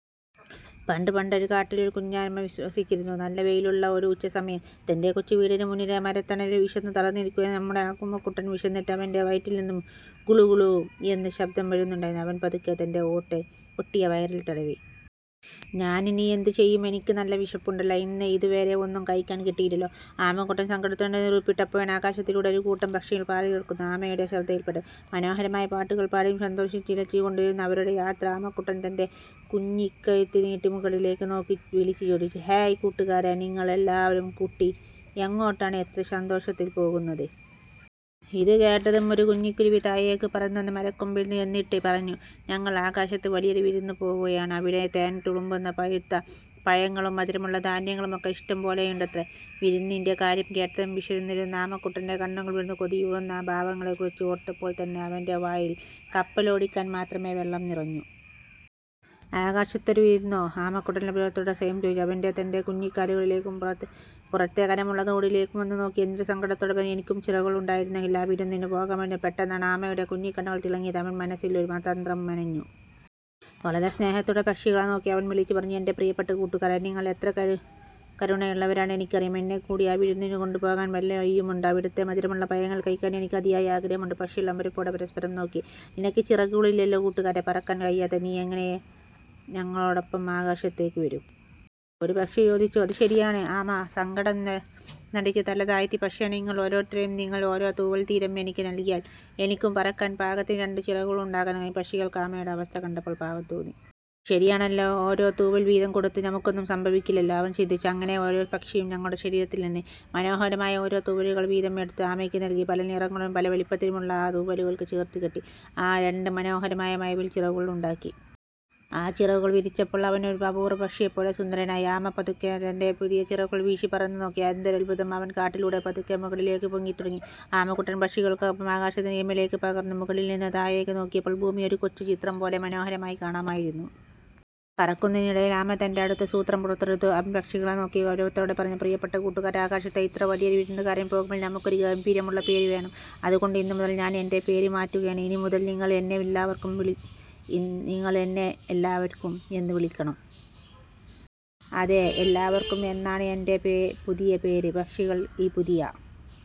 പണ്ട് പണ്ടൊരു കാട്ടിൽ ഒരു കുഞ്ഞാമ വിശ്വാസിച്ചിരുന്നു. നല്ല വെയിലുള്ള ഒരു ഉച്ചസമയം. തന്റെ കൊച്ചു വീടിന് മുന്നിലെ മരത്തണലിൽ വിശന്നു തളർന്നിരിക്കുന്ന നമ്മുടെ ആമക്കുട്ടൻ. വിശന്നിട്ട് അവന്റെ വയറ്റിൽ നിന്നും 'ഗുളു ഗുളു' എന്ന് ശബ്ദം വരുന്നുണ്ടായിരുന്നു. അവൻ പതുക്കെ തന്റെ ഒട്ടിയ വയറീൽ തടവി. "ഞാനിനി എന്തു ചെയ്യും? എനിക്ക് നല്ല വിശപ്പുണ്ടല്ലോ. ഇന്ന് ഇതുവരെ ഒന്നും കഴിക്കാൻ കിട്ടിയില്ലല്ലോ! " ആമക്കുട്ടൻ സങ്കടത്തോടെ നെടുവിട്ടപ്പോൾ., ആകാശത്തിലൂടെ ഒരു കൂട്ടം പക്ഷികൾ പാറി നിൽക്കുന്നത് ആമയുടെ ശ്രദ്ധയിൽപ്പെട്ടത്. മനോഹരമായ പാട്ടുകൾ പാടിയും സന്തോഷത്തിൽ ചിലച്ചു കൊണ്ടുമായിരുന്നു അവരുടെ യാത്ര. ആമക്കുട്ടൻ തന്റെ കുഞ്ഞിക്കഴുത്ത് നീട്ടി മുകളിലേക്ക് നോക്കി വിളിച്ചുചോദിച്ചു, "ഹേയ് കൂട്ടുകാരേ, നിങ്ങൾ എല്ലാവരും കൂട്ടി എങ്ങോട്ടാണ് ഇത്ര സന്തോഷത്തിൽ പോകുന്നത്? " ഇതുകേട്ടതും ഒരു കുഞ്ഞിക്കുരുവി താഴേക്ക് പറന്നുവന്ന് മരക്കൊമ്പിൽ. എന്നിട്ട് പറഞ്ഞു. "ഞങ്ങൾ ആകാശത്ത് വലിയൊരു വിരുന്ന് പോവുകയാണ്. അവിടെ തേൻ തുളുമ്പുന്ന പഴുത്ത പഴങ്ങളും, മധുരമുള്ള ധാന്യങ്ങളുമൊക്കെ ഇഷ്ടം പോലെയുണ്ടത്രേ! വിരുന്നിന്റെ കാര്യം കേട്ടതും വിശന്നിരുന്ന ആമക്കുട്ടന്റെ കണ്ണുകൾ വിടർന്നു! കൊതിയൂറുന്ന ആ ഭാവങ്ങളെക്കുറിച്ച് ഓർത്തപ്പോൾത്തന്നെ അവന്റെ വായിൽ കപ്പലോടിക്കാൻ മാത്രമേ വെള്ളം നിറഞ്ഞു. " "ആകാശത്തൊരു വിരുന്നോ? " ആമക്കുട്ടൻ അത്ഭുതത്തോടെ സ്വയം ചോദിച്ചു. അവൻ തന്റെ കുഞ്ഞിക്കാലുകളിലേക്കും പുറത്തെ കനമുള്ള തോടിലേക്കും ഒന്ന് നോക്കി. എന്നിട്ട് സങ്കടത്തോടെ പറഞ്ഞു: "എനിക്കും ചിറകുകൾ ഉണ്ടായിരുന്നെങ്കിൽ ആ വിരുന്നിന് പോകാമായിരുന്നു. " പെട്ടെന്നാണ് ആമയുടെ കുഞ്ഞിക്കണ്ണുകൾ തിളങ്ങിയത്. അവൻ മനസ്സിൽ ഒരു തന്ത്രം മെനഞ്ഞു. വളരെ സ്നേഹത്തോടെ പക്ഷികളെ നോക്കി അവൻ വിളിച്ചുപറഞ്ഞു: "എന്റെ പ്രിയപ്പെട്ട കൂട്ടുകാരേ, നിങ്ങൾ എത്ര കരുണയുള്ളവരാണെന്ന് എനിക്കറിയാം. എന്നെക്കൂടി ആ വിരുന്നിന് കൊണ്ടുപോകാൻ വല്ല വഴിയുമുണ്ടോ? അവിടുത്തെ മധുരമുള്ള പഴങ്ങൾ കഴിക്കാൻ എനിക്ക് അതിയായ ആഗ്രഹമുണ്ട്! " പക്ഷികൾ അമ്പരപ്പോടെ പരസ്പരം നോക്കി. "നിനക്ക് ചിറകുകളില്ലല്ലോ കൂട്ടുകാരാ, പറക്കാൻ കഴിയാത്ത നീ എങ്ങനെ ഞങ്ങളോടൊപ്പം ആകാശത്തേക്ക് വരും? " ഒരു പക്ഷി ചോദിച്ചു. "അത് ശരിയാണ്," ആമ സങ്കടം നടിച്ച് തല താഴ്ത്തി. "പക്ഷേ, നിങ്ങൾ ഓരോരുത്തരും നിങ്ങളുടെ ഓരോ തൂവൽ വീതം എനിക്ക് നൽകിയാൽ, എനിക്കും പറക്കാൻ പാകത്തിന് രണ്ട് ചിറകുകൾ ഉണ്ടാക്കാൻ കഴിയും! " പക്ഷികൾക്ക് ആമയുടെ അവസ്ഥ കണ്ടപ്പോൾ പാവം തോന്നി. "ശരിയാണല്ലോ, ഓരോ തൂവൽ വീതം കൊടുത്താൽ നമുക്കൊന്നും സംഭവിക്കില്ലല്ലോ," അവർ ചിന്തിച്ചു. അങ്ങനെ ഓരോ പക്ഷിയും തങ്ങളുടെ ശരീരത്തിൽ നിന്ന് മനോഹരമായ ഓരോ തൂവലുകൾ വീതം എടുത്ത് ആമയ്ക്ക് നൽകി. പല നിറങ്ങളിലും പല വലിപ്പത്തിലുമുള്ള ആ തൂവലുകളെല്ലാം ചേർത്ത് കെട്ടി, ആമ രണ്ട് മനോഹരമായ 'മഴവിൽ ചിറകുകൾ' ഉണ്ടാക്കി. ആ ചിറകുകൾ വിരിച്ചപ്പോൾ അവൻ ഒരു അപൂർവ്വ പക്ഷിയെപ്പോലെ സുന്ദരനായി! ആമ പതുക്കെ തന്റെ പുതിയ ചിറകുകൾ വീശി പറന്നു നോക്കി. എന്തൊരത്ഭുതം! അവൻ കാറ്റിലൂടെ പതുക്കെ മുകളിലേക്ക് പൊങ്ങിത്തുടങ്ങി. ആമക്കുട്ടൻ പക്ഷികൾക്കൊപ്പം ആകാശത്തിന്റെ നീലിമയിലേക്ക് പകർന്നു. മുകളിൽ നിന്ന് താഴേക്ക് നോക്കിയപ്പോൾ ഭൂമി ഒരു കൊച്ചു ചിത്രം പോലെ മനോഹരമായി കാണാമായിരുന്നു. പറക്കുന്നതിനിടയിൽ ആമ തന്റെ അടുത്ത സൂത്രം പുറത്തെടുത്തു. അവൻ പക്ഷികളെ നോക്കി ഗൗരവത്തിൽ പറഞ്ഞു: "പ്രിയപ്പെട്ട കൂട്ടുകാരേ, ആകാശത്തെ ഇത്ര വലിയൊരു വിരുന്നിന് പോകുമ്പോൾ നമുക്കൊരു ഗാംഭീര്യമുള്ള പേര് വേണം. അതുകൊണ്ട് ഇന്നുമുതൽ ഞാൻ എന്റെ പേര് മാറ്റുകയാണ്. ഇനിമുതൽ നിങ്ങൾ എന്നെ 'എല്ലാവർക്കും' എന്ന് വിളിക്കണം! അതെ, 'എല്ലാവർക്കും' എന്നാണ് എന്റെ പുതിയ പേര്! " പക്ഷികൾ ഈ പുതിയ